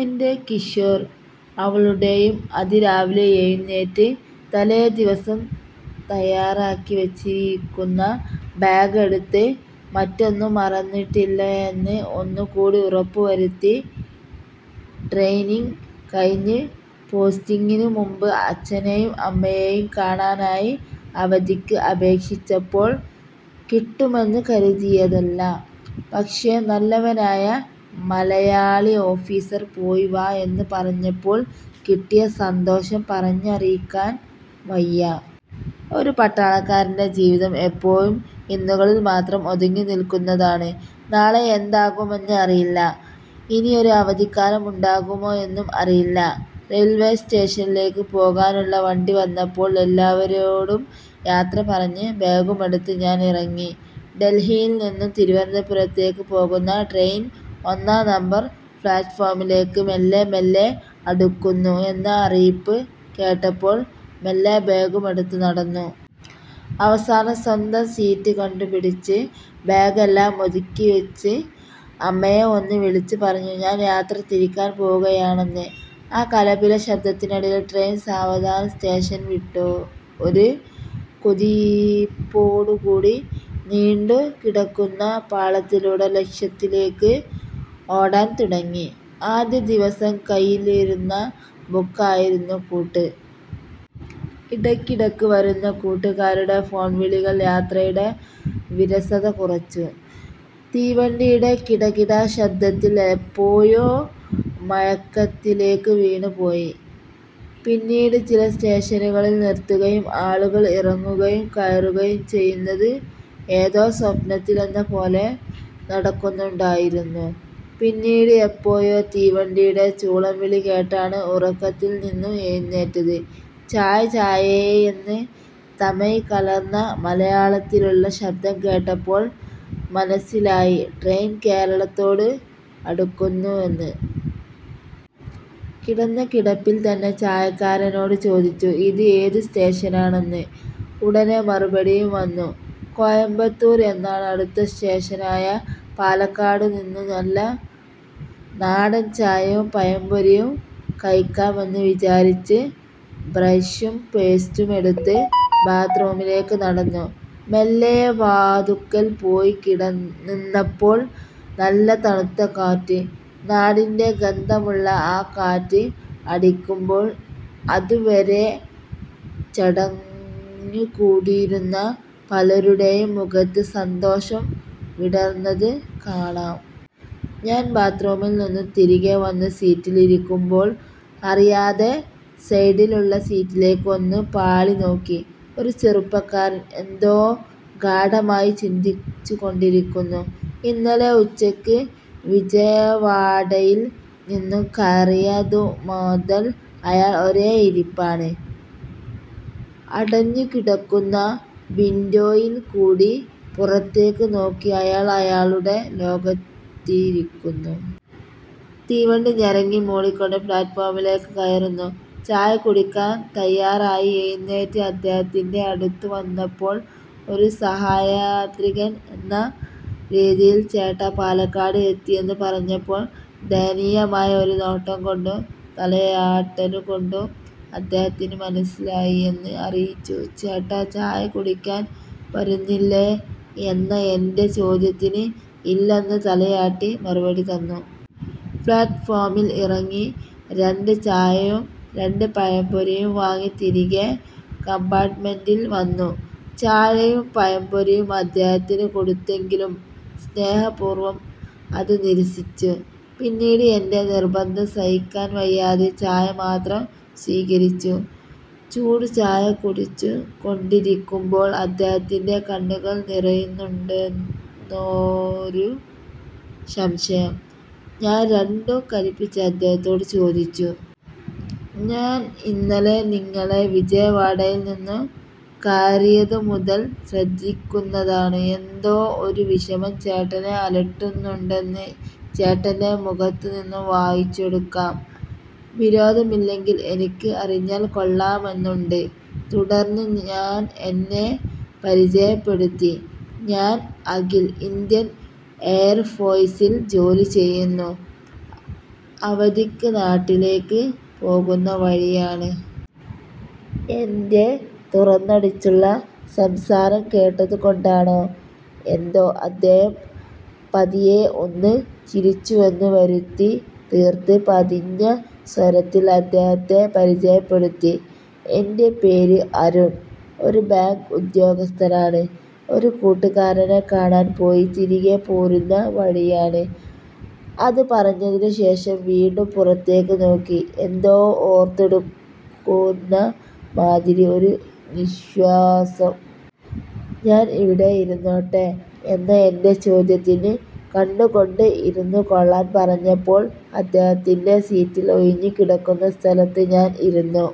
എന്റെ കിഷോർ അവളുടെയും അതിരാവിലെ എഴുന്നേറ്റ് തലേദിവസം തയാറാക്കി വച്ചിരിക്കുന്ന ബാഗ് എടുത്ത് മറ്റൊന്നും മറന്നിട്ടില്ലായെന്ന് ഒന്നുകൂടി ഉറപ്പുവരുത്തി. ട്രെയ്നിങ് കഴിഞ്ഞ് പോസ്റ്റിങ്ങിനു മുമ്പ് അച്ഛനെയും അമ്മയെയും കാണാനായി അവധിക്ക് അപേക്ഷിച്ചപ്പോൾ കിട്ടുമെന്ന് കരുതിയതല്ല. പക്ഷേ നല്ലവനായ മലയാളി ഓഫിസർ പോയി വാ എന്നുപറഞ്ഞപ്പോൾ കിട്ടിയ സന്തോഷം പറഞ്ഞറിയിക്കാൻ വയ്യാ. ഒരു പട്ടാളക്കാരന്റെ ജീവിതം എപ്പോഴും ഇന്നുകളിൽ മാത്രം ഒതുങ്ങിനിൽക്കുന്നതാണ് നാളെ എന്താകുമെന്ന് അറിയില്ല. ഇനിയൊരു അവധിക്കാലം ഉണ്ടാകുമോയെന്നും അറിയില്ല. റെയിൽവേ സ്റ്റേഷനിലേക്ക് പോകാനുള്ള വണ്ടി വന്നപ്പോൾ എല്ലാവരോടും യാത്ര പറഞ്ഞ് ബാഗുമെടുത്ത് ഞാൻ ഇറങ്ങി. ഡൽഹിയിൽ നിന്ന് തിരുവന്തപുരത്തേക്ക് പോകുന്ന ട്രെയിൻ ഒന്നാം നമ്പർ പ്ലാറ്റ്ഫോമിലേക്ക് മെല്ലെ മെല്ലെ അടുക്കുന്നു എന്ന അറിയിപ്പ് കേട്ടപ്പോൾ മെല്ലെ ബാഗുമെടുത്ത് നടന്നു. അവസാനം സ്വന്തം സീറ്റ് കണ്ടുപിടിച്ച് ബാഗ് എല്ലാം ഒതുക്കിവച്ച് അമ്മയെ ഒന്ന് വിളിച്ചു പറഞ്ഞു ഞാൻ യാത്ര തിരിക്കാൻ പോകുകയാണെന്ന്. ആ കലപില ശബ്ദത്തിനിടയിൽ ട്രെയിൻ സാവധാനം സ്റ്റേഷൻ വിട്ടു ഒരു കുതിപ്പോടുകൂടി നീണ്ടുകിടക്കുന്ന പാളത്തിലൂടെ ലക്ഷ്യത്തിലേക്ക് ഓടാൻതുടങ്ങി. ആദ്യദിവസം കൈയിലിരുന്ന ബുക്ക് ആയിരുന്നു കൂട്ട്. ഇടക്കിടക്ക് വരുന്ന കൂട്ടുകാരുടെ ഫോൺ വിളികൾ യാത്രയുടെ വിരസത കുറച്ചു. തീവണ്ടിയുടെ കിടകിട ശബ്ദത്തിൽ എപ്പോഴോ മയക്കത്തിലേക്ക് വീണുപോയി. പിന്നീട് ചില സ്റ്റേഷനുകളിൽ നിർത്തുകയും ആളുകൾ ഇറങ്ങുകയും കയറുകയും ചെയ്യുന്നത് ഏതോ സ്വപ്നത്തിലെന്നപോലെ നടക്കുന്നുണ്ടായിരുന്നു. പിന്നീട് എപ്പോഴോ തീവണ്ടിയുടെ ചൂളംവിളി കേട്ടാണ് ഉറക്കത്തിൽനിന്ന് എഴുന്നേറ്റത്. ചായ ചായേ എന്ന് തമിഴ് കലർന്ന മലയാളത്തിലുള്ള ശബ്ദം കേട്ടപ്പോൾ മനസിലായി ട്രെയിൻ കേരളത്തോട് അടുക്കുന്നുവെന്ന്. കിടന്ന കിടപ്പിൽ തന്നെ ചായക്കാരനോട് ചോദിച്ചു ഇത് ഏതു സ്റ്റേഷനാണെന്ന്, ഉടനെ മറുപടിയും വന്നു കോയമ്പത്തൂർ. എന്നാൽ അടുത്ത സ്റ്റേഷനായ പാലക്കാടുനിന്ന് നല്ല നാടൻ ചായയും പഴംപൊരിയും കഴിക്കാമെന്ന് വിചാരിച്ച് ബ്രെഷും പേസ്റ്റും എടുത്ത് ബാത്റൂമിലേക്ക് നടന്നു. മെല്ലെ വാതുക്കൽ പോയി കിടന്നപ്പോൾ നല്ല തണുത്ത കാറ്റ്, നാടിന്റെ ഗന്ധമുള്ള ആ കാറ്റ് അടിക്കുമ്പോൾ അതുവരെ ചടഞ്ഞുകൂടിയിരുന്ന പലരുടെയും മുഖത്ത് സന്തോഷം വിടരുന്നത് കാണാം. ഞാൻ ബാത്റൂമിൽ നിന്ന് തിരികെ വന്ന് സീറ്റിൽ ഇരിക്കുമ്പോൾ അറിയാതെ സൈഡിലുള്ള സീറ്റിലേക്ക് ഒന്ന് പാളിനോക്കി. ഒരു ചെറുപ്പക്കാരൻ എന്തോ ഗാഢമായി ചിന്തിച്ചുകൊണ്ടിരിക്കുന്നു. ഇന്നലെ ഉച്ചക്ക് വിജയവാഡയിൽ നിന്ന് കയറിയതുമുതൽ അയാൾ ഒരേ ഇരിപ്പാണ്. അടഞ്ഞുകിടക്കുന്ന വിൻഡോയിൽ കൂടി പുറത്തേക്ക് നോക്കി അയാൾ അയാളുടെ ലോകത്തിരിക്കുന്നു. തീവണ്ടി ഞരങ്ങിമൂളികൊണ്ട് പ്ലാറ്റ്ഫോമിലേക്ക് കയറുന്നു. ചായകുടിക്കാൻ തയ്യാറായി എഴുന്നേറ്റ് അദ്ദേഹത്തിന്റെ അടുത്ത് വന്നപ്പോൾ ഒരു സഹയാത്രികൻ എന്ന രീതിയിൽ ചേട്ടാ പാലക്കാട് എത്തി എന്നു പറഞ്ഞപ്പോൾ ദയനീയമായ ഒരു നോട്ടംകൊണ്ടും തലയാട്ടാലുകൊണ്ടും അദ്ദേഹത്തിന് മനസിലായി എന്ന് അറിയിച്ചു ചേട്ടാ ചായ കുടിക്കാൻ വരുന്നില്ലേ എന്ന എന്റെ ചോദ്യത്തിന്, ഇല്ലെന്ന് തലയാട്ടി മറുപടി തന്നു. പ്ലാറ്റ്ഫോമിൽ ഇറങ്ങി രണ്ട് ചായയും രണ്ട് പഴംപൊരിയും വാങ്ങി തിരികെ കംപാർട്മെന്റിൽ വന്നു. ചായയും പഴംപൊരിയും അദ്ദേഹത്തിന് കൊടുത്തെങ്കിലും സ്നേഹപൂർവം അത് നിരസിച്ചു. പിന്നീട് എന്റെ നിർബന്ധം സഹിക്കവയ്യാതെ ചായ മാത്രം സീകരിച്ചു. ചൂടുചായ കുടിച്ചുകൊണ്ടിരിക്കുമ്പോൾ അദ്ദേഹത്തിന്റെ കണ്ണുകൾ നിറയുന്നുണ്ടോയെന്നൊരു സംശയം. ഞാൻ രണ്ടും കല്പിച്ച് അദ്ദേഹത്തോട് ചോദിച്ചു. ഞാൻ ഇന്നലെ നിങ്ങളെ വിജയവാഡയിൽ നിന്ന് കയറിയതുമുതൽ ശ്രദ്ധിക്കുന്നതാണ്, എന്തോ ഒരു വിഷമം ചേട്ടനെ അലട്ടുന്നുണ്ടെന്ന് ചേട്ടന്റെ മുഖത്തുനിന്നും വായിച്ചെടുക്കാം. വിരോധമില്ലെങ്കിൽ എനിക്ക് അറിഞ്ഞാൽ കൊള്ളാമെന്നുണ്ട്. തുടർന്ന് ഞാൻ എന്നെ പരിചയപ്പെടുത്തി. ഞാൻ അഖിൽ ഇന്ത്യൻ എയർഫോഴ്സിൽ ജോലി ചെയ്യുന്നു, അവധിക്ക് നാട്ടിലേക്ക് പോകുന്ന വഴിയാണ്. എന്റെ തുറന്നടിച്ചുള്ള സംസാരം കേട്ടതുകൊണ്ടാണോ എന്തോ അദ്ദേഹം പതിയെ ഒന്ന് ചിരിച്ചുവെന്ന് വരുത്തിത്തീർത്ത് പതിഞ്ഞ സ്വരത്തിൽ അദ്ദേഹത്തെ പരിചയപ്പെടുത്തി, എന്റെ പേര് അരുൺ, ഒരു ബാങ്ക് ഉദ്യോഗസ്ഥനാണ്. ഒരു കൂട്ടുകാരനെ കാണാൻ പോയി തിരികെ പോരുന്ന വഴിയാണ്. അത് പറഞ്ഞതിനുശേഷം വീണ്ടും പുറത്തേക്ക് നോക്കി എന്തോ ഓർത്തെടുക്കുന്നമാതിരി ഒരു നിശ്വാസം. ഞാൻ ഇവിടെ ഇരുന്നോട്ടെ എന്ന എന്റെ ചോദ്യത്തിന്ന് കണ്ണുകൊണ്ട് ഇരുന്നുകൊള്ളാൻ പറഞ്ഞപ്പോൾ അദ്ദേഹത്തിന്റെ സീറ്റിൽ ഒഴിഞ്ഞു കിടക്കുന്ന സ്ഥലത്ത് ഞാൻ ഇരുന്നു.